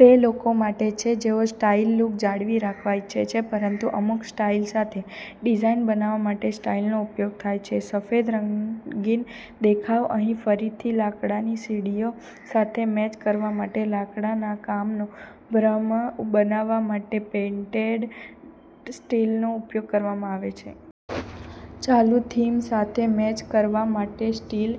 તે લોકો માટે છે જેઓ સ્ટીલ લુક જાળવી રાખવા ઈચ્છે છે પરંતુ અમુક સ્ટાઈલ સાથે. ડિઝાઇન બનાવવા માટે સ્ટીલનો ઉપયોગ થાય છે. સફેદ રંગીન દેખાવ અહીં ફરીથી લાકડાની સીડીઓ સાથે મેચ કરવા માટે લાકડાના કામનો ભ્રમ બનાવવા માટે પેઇન્ટેડ સ્ટીલનો ઉપયોગ કરવામાં આવે છે. ચાલુ થીમ સાથે મેચ કરવા માટે સ્ટીલ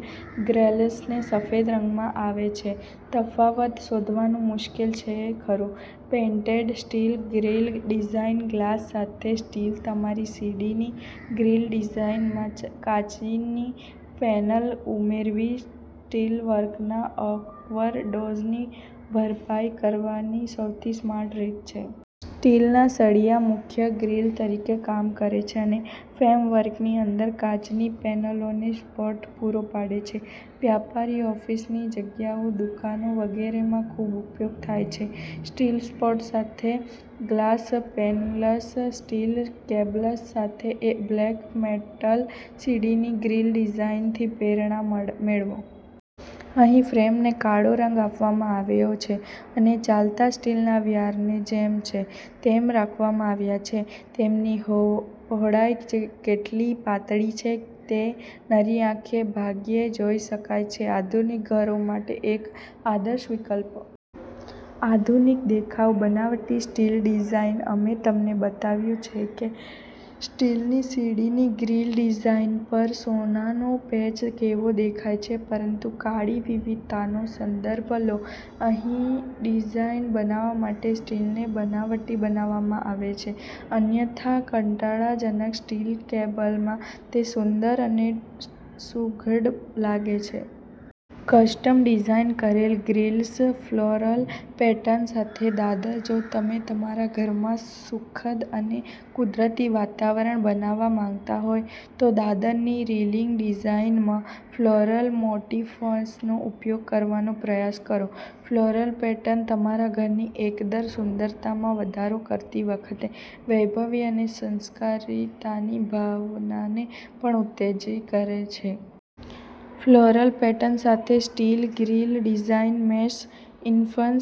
ગ્રિલ્સને સફેદ રંગવામાં આવે છે. તફાવત શોધવાનું મુશ્કેલ છે ખરું? Painted steel grill design glass સાથે સ્ટીલ તમારી સીડીની ગ્રીલ ડિઝાઇનમાં કાચની પેનલ ઉમેરવી સ્ટીલવર્કના ઓવરડોઝની ભરપાઈ કરવાની સૌથી સ્માર્ટ રીત છે. સ્ટીલના સળિયા મુખ્ય ગ્રીલ તરીકે કામ કરે છે અને ફ્રેમવર્કની અંદર કાચની પેનલોને સપોર્ટ પૂરો પાડે છે. વ્યાપારી, ઓફિસની જગ્યાઓ, દુકાનો વગેરેમાં ખૂબ ઉપયોગ થાય છે. સ્ટીલ સપોર્ટ સાથે ગ્લાસ પેનલ્સ, સ્ટીલ કેબલ્સ સાથે બ્લેક મેટલ સીડીની ગ્રીલ ડિઝાઇનથી પ્રેરણા મેળવો. અહીં ફ્રેમને કાળો રંગ આપવામાં આવ્યો છે અને ચાલતા સ્ટીલના વાયરને જેમ છે તેમ રાખવામાં આવ્યા છે. તેમની પહોળાઈ એટલી પાતળી છે કે તે નરી આંખે ભાગ્યે જોઈ શકાય છે. આધુનિક ઘરો માટે એક આદર્શ વિકલ્પ. આધુનિક દેખાવ બનાવટી સ્ટીલ ડિઝાઇન અમે તમને બતાવ્યું છે કે સ્ટીલની સીડીની ગ્રીલ ડિઝાઇન પર સોનાનો પેચ કેવો દેખાય છે. સંપૂર્ણ કાળી વિવિધતાનો સંદર્ભ લો. અહીં ડિઝાઇન બનાવવા માટે સ્ટીલને બનાવટી બનાવવામાં આવે છે અન્યથા કંટાળાજનક સ્ટીલ કેબલમાં તે સુંદર અને સુઘડ લાગે છે. કસ્ટમ ડિઝાઇન કરેલ ગ્રિલ્સ ફ્લોરલ પેટર્ન સાથે દાદર જો તમે તમારા ઘરમાં સુખદ અને કુદરતી વાતાવરણ બનાવવા માંગતા હો, તો દાદરની રેલિંગ ડિઝાઇનમાં ફ્લોરલ મોટિફ્સનો ઉપયોગ કરવાનો પ્રયાસ કરો. ફ્લોરલ પેટર્ન તમારા ઘરની એકંદર સુંદરતામાં વધારો કરતી વખતે વૈભવી અને સંસ્કારિતાની ભાવનાને પણ ઉત્તેજિત કરે છે. ફ્લોરલ પેટર્ન સાથે steel grill design, mesh infill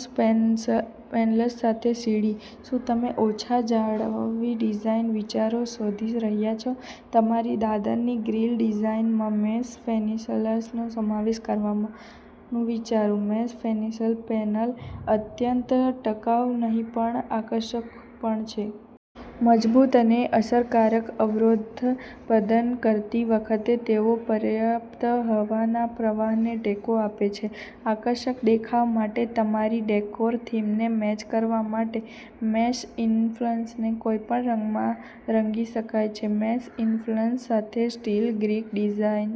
panels સાથે સીડી, શું તમે ઓછા-જાળવણી ડિઝાઇન વિચારો શોધી રહ્યાં છો? તમારી દાદરની ગ્રીલ ડિઝાઇનમાં મેશ ઇન્ફિલ્સનો સમાવેશ કરવાનું વિચારો. મેશ ઇન્ફિલ પેનલ અત્યંત ટકાઉ નહીં પણ આકર્ષક પણ છે. મજબૂત અને અસરકારક અવરોધ પ્રદાન કરતી વખતે તેઓ પર્યાપ્ત હવાના પ્રવાહને ટેકો આપે છે. આકર્ષક દેખાવ માટે તમારી ડેકોર થીમને મેચ કરવા માટે મેશ ઇન્ફિલ્સને કોઈપણ રંગમાં રંગી શકાય છે. મેશ ઇન્ફિલ્સ સાથે steel grill design.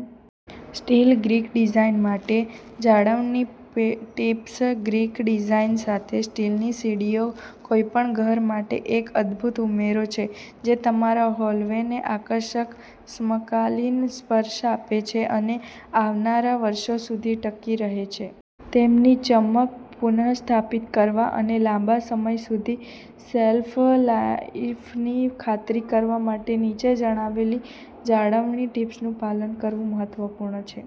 Steel grill design માટે જાળવણી ટિપ્સ ગ્રીલ ડિઝાઇન સાથે સ્ટીલની સીડીઓ કોઈપણ ઘર માટે એક અદભૂત ઉમેરો છે જે તમારા હોલવેને આકર્ષક, સમકાલીન સ્પર્શ આપે છે અને આવનારા વર્ષો સુધી ટકી રહે છે. તેમની ચમક પુનઃસ્થાપિત કરવા અને લાંબા સમય સુધી શેલ્ફ લાઇફની ખાતરી કરવા માટે, નીચે જણાવેલી જાળવણી ટીપ્સનું પાલન કરવું મહત્વપૂર્ણ છે.